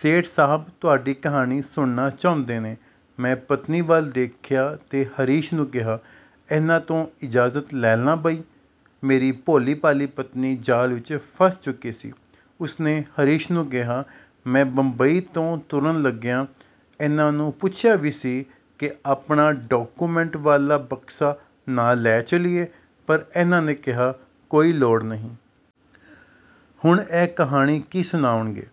ਸੇਠ ਸਾਹਬ ਤੁਹਾਡੀ ਕਹਾਣੀ ਸੁਣਨਾ ਚਾਹੁੰਦੇ ਨੇ। "ਮੈਂ ਪਤਨੀ ਵੱਲ ਦੇਖਿਆ ਤੇ ਹਰੀਸ਼ ਨੂੰ ਕਿਹਾ, "ਇਹਨਾਂ ਤੋਂ ਇਜਾਜ਼ਤ ਲੈ ਲਾ ਬਈ। "ਮੇਰੀ ਭੋਲੀ-ਭਾਲੀ ਪਤਨੀ ਜਾਲ ਵਿਚ ਫਸ ਚੁੱਕੀ ਸੀ। ਉਸਨੇ ਹਰੀਸ਼ ਨੂੰ ਕਿਹਾ, "ਮੈਂ ਬੰਬਈ ਤੋਂ ਤੁਰਨ ਲੱਗਿਆਂ ਇਹਨਾਂ ਨੂੰ ਪੁੱਛਿਆ ਵੀ ਸੀ ਕਿ ਆਪਣਾ ਡਾਕੂਮੈਂਟ ਵਾਲਾ ਬਕਸਾ ਨਾਲ ਲੈ ਚੱਲੀਏ, ਪਰ ਇਹਨਾਂ ਨੇ ਕਿਹਾ, ਕੋਈ ਲੋੜ ਨਹੀਂ। ਹੁਣ ਇਹ ਕਹਾਣੀ ਕੀ ਸੁਣਾਉਣਗੇ? "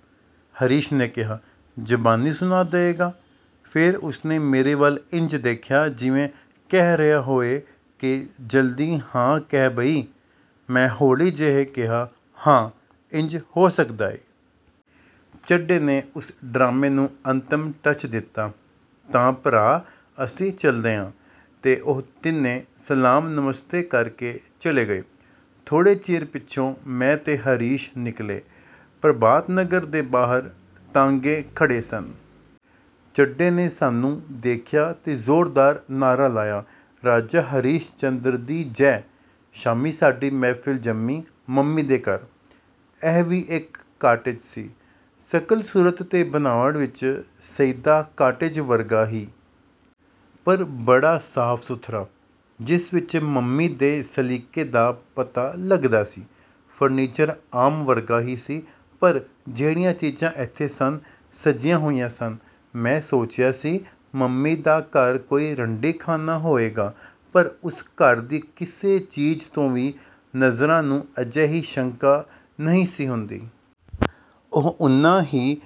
ਹਰੀਸ਼ ਨੇ ਕਿਹਾ, "ਜਬਾਨੀ ਸੁਣਾ ਦਏਗਾ। " ਫੇਰ ਉਸਨੇ ਮੇਰੇ ਵੱਲ ਇੰਜ ਦੇਖਿਆ, ਜਿਵੇਂ ਕਹਿ ਰਿਹਾ ਹੋਵੇ ਕਿ ਜਲਦੀ ਹਾਂ ਕਹਿ ਬਈ। ਮੈਂ ਹੌਲੀ ਜਿਹੇ ਕਿਹਾ, "ਹਾਂ, ਇੰਜ ਹੋ ਸਕਦਾ ਏ। " ਚੱਡੇ ਨੇ ਉਸ ਡਰਾਮੇਂ ਨੂੰ ਅੰਤਿਮ ਟੱਚ ਦਿੱਤਾ, "ਤਾਂ ਭਰਾ ਅਸੀਂ ਚੱਲਦੇ ਆਂ। "ਤੇ ਉਹ ਤਿੰਨੇ ਸਲਾਮ-ਨਮਸਤੇ ਕਰਕੇ ਚਲੇ ਗਏ। ਥੋੜ੍ਹੇ ਚਿਰ ਪਿੱਛੋਂ ਮੈਂ ਤੇ ਹਰੀਸ਼ ਨਿਕਲੇ। ਪ੍ਰਭਾਤਨਗਰ ਦੇ ਬਾਹਰ ਤਾਂਗੇ ਖੜ੍ਹੇ ਸਨ। ਚੱਡੇ ਨੇ ਸਾਨੂੰ ਦੇਖਿਆ ਤੇ ਜ਼ੋਰਦਾਰ ਨਾਅਰਾ ਲਾਇਆ, "ਰਾਜਾ ਹਰੀਸ਼ ਚੰਦਰ ਦੀ, ਜੈ! "ਸ਼ਾਮੀਂ ਸਾਡੀ ਮਹਿਫਲ ਜੰਮੀ, ਮੰਮੀ ਦੇ ਘਰ। ਇਹ ਵੀ ਇਕ ਕਾਟੇਜ ਸੀ। ਸਕਲ ਸੂਰਤ ਤੇ ਬਨਾਵਟ ਵਿਚ ਸਈਦਾ ਕਾਟੇਜ ਵਰਗਾ ਹੀ। ਪਰ ਬੜਾ ਸਾਫ-ਸੁਥਰਾ, ਜਿਸ ਵਿਚ ਮੰਮੀ ਦੇ ਸਲੀਕੇ ਦਾ ਪਤਾ ਲੱਗਦਾ ਸੀ। ਫਰਨੀਚਰ ਆਮ ਵਰਗਾ ਹੀ ਸੀ, ਪਰ ਜਿਹੜੀਆਂ ਚੀਜਾਂ ਇੱਥੇ ਸਨ, ਸਜੀਆਂ ਹੋਈਆਂ ਸਨ। ਮੈਂ ਸੋਚਿਆ ਸੀ ਮੰਮੀ ਦਾ ਘਰ ਕੋਈ ਰੰਡੀਖਾਨਾ ਹੋਏਗਾ, ਪਰ ਉਸ ਘਰ ਦੀ ਕਿਸੇ ਚੀਜ ਤੋਂ ਵੀ ਨਜਰਾਂ ਨੂੰ ਅਜਿਹੀ ਸ਼ੰਕਾ ਨਹੀਂ ਸੀ ਹੁੰਦੀ। ਉਹ ਓਨਾਂ ਹੀ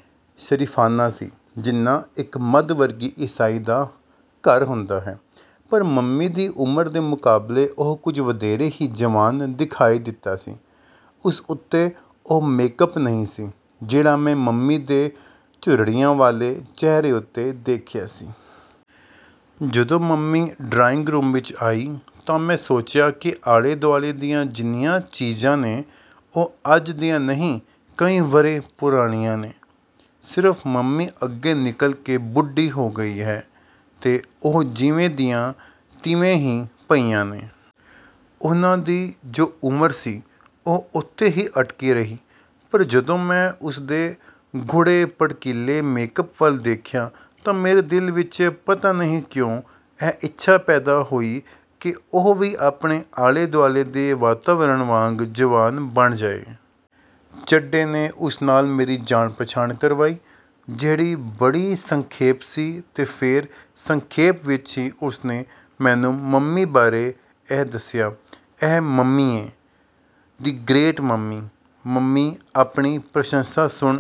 ਸਰੀਫ਼ਾਨਾ ਸੀ ਜਿੰਨਾਂ ਇਕ ਮੱਧ ਵਰਗੀ ਈਸਾਈ ਦਾ ਘਰ ਹੁੰਦਾ ਹੈ। ਪਰ ਮੰਮੀ ਦੀ ਉਮਰ ਦੇ ਮੁਕਾਬਲੇ ਉਹ ਕੁਝ ਵਧੇਰੇ ਹੀ ਜਵਾਨ ਦਿਖਾਈ ਦਿੱਤਾ ਸੀ। ਉਸ ਉੱਤੇ ਉਹ ਮੇਕਅੱਪ ਨਹੀਂ ਸੀ, ਜਿਹੜਾ ਮੈਂ ਮੰਮੀ ਦੇ ਝੁਰੜੀਆਂ ਵਾਲੇ ਚਿਹਰੇ ਉੱਤੇ ਦੇਖਿਆ ਸੀ। ਜਦੋਂ ਮੰਮੀ ਡਰਾਇੰਗ ਰੂਮ ਵਿਚ ਆਈ ਤਾਂ ਮੈਂ ਸੋਚਿਆ ਕਿ ਆਲੇ-ਦੁਆਲੇ ਦੀਆਂ ਜਿੰਨੀਆਂ ਚੀਜਾਂ ਨੇ, ਉਹ ਅੱਜ ਦੀਆਂ ਨਹੀਂ ਕਈ ਵਰ੍ਹੇ ਪੁਰਾਣੀਆਂ ਨੇ, ਸਿਰਫ ਮੰਮੀ ਅੱਗੇ ਨਿਕਲ ਕੇ ਬੁੱਢੀ ਹੋ ਗਈ ਹੈ ਤੇ ਉਹ ਜਿਵੇਂ ਦੀਆਂ ਤਿਵੇਂ ਹੀ ਪਈਆਂ ਨੇ। ਉਹਨਾਂ ਦੀ ਜੋ ਉਮਰ ਸੀ, ਉਹ ਉੱਥੇ ਹੀ ਅਟਕੀ ਰਹੀ। ਪਰ ਜਦੋਂ ਮੈਂ ਉਸਦੇ ਗੂੜ੍ਹੇ ਭੜਕੀਲੇ ਮੇਕਅੱਪ ਵੱਲ ਦੇਖਿਆ ਤਾਂ ਮੇਰੇ ਦਿਲ ਵਿਚ ਪਤਾ ਨਹੀਂ ਕਿਉਂ, ਇਹ ਇੱਛਾ ਪੈਦਾ ਹੋਈ ਕਿ ਉਹ ਵੀ ਆਪਣੇ ਆਲੇ-ਦੁਆਲੇ ਦੇ ਵਾਤਾਵਰਣ ਵਾਂਗ ਜਵਾਨ ਬਣ ਜਾਏ। ਚੱਡੇ ਨੇ ਉਸ ਨਾਲ ਮੇਰੀ ਜਾਣ-ਪਛਾਣ ਕਰਵਾਈ, ਜਿਹੜੀ ਬੜੀ ਸੰਖੇਪ ਸੀ ਤੇ ਫੇਰ ਸੰਖੇਪ ਵਿਚ ਹੀ ਉਸਨੇ ਮੈਨੂੰ ਮੰਮੀ ਬਾਰੇ ਇਹ ਦੱਸਿਆ, "ਇਹ ਮੰਮੀ ਏਂ, ਦੀ ਗਰੇਟ ਮੰਮੀ। "ਮੰਮੀ ਆਪਣੀ ਪ੍ਰਸ਼ੰਸਾ ਸੁਣ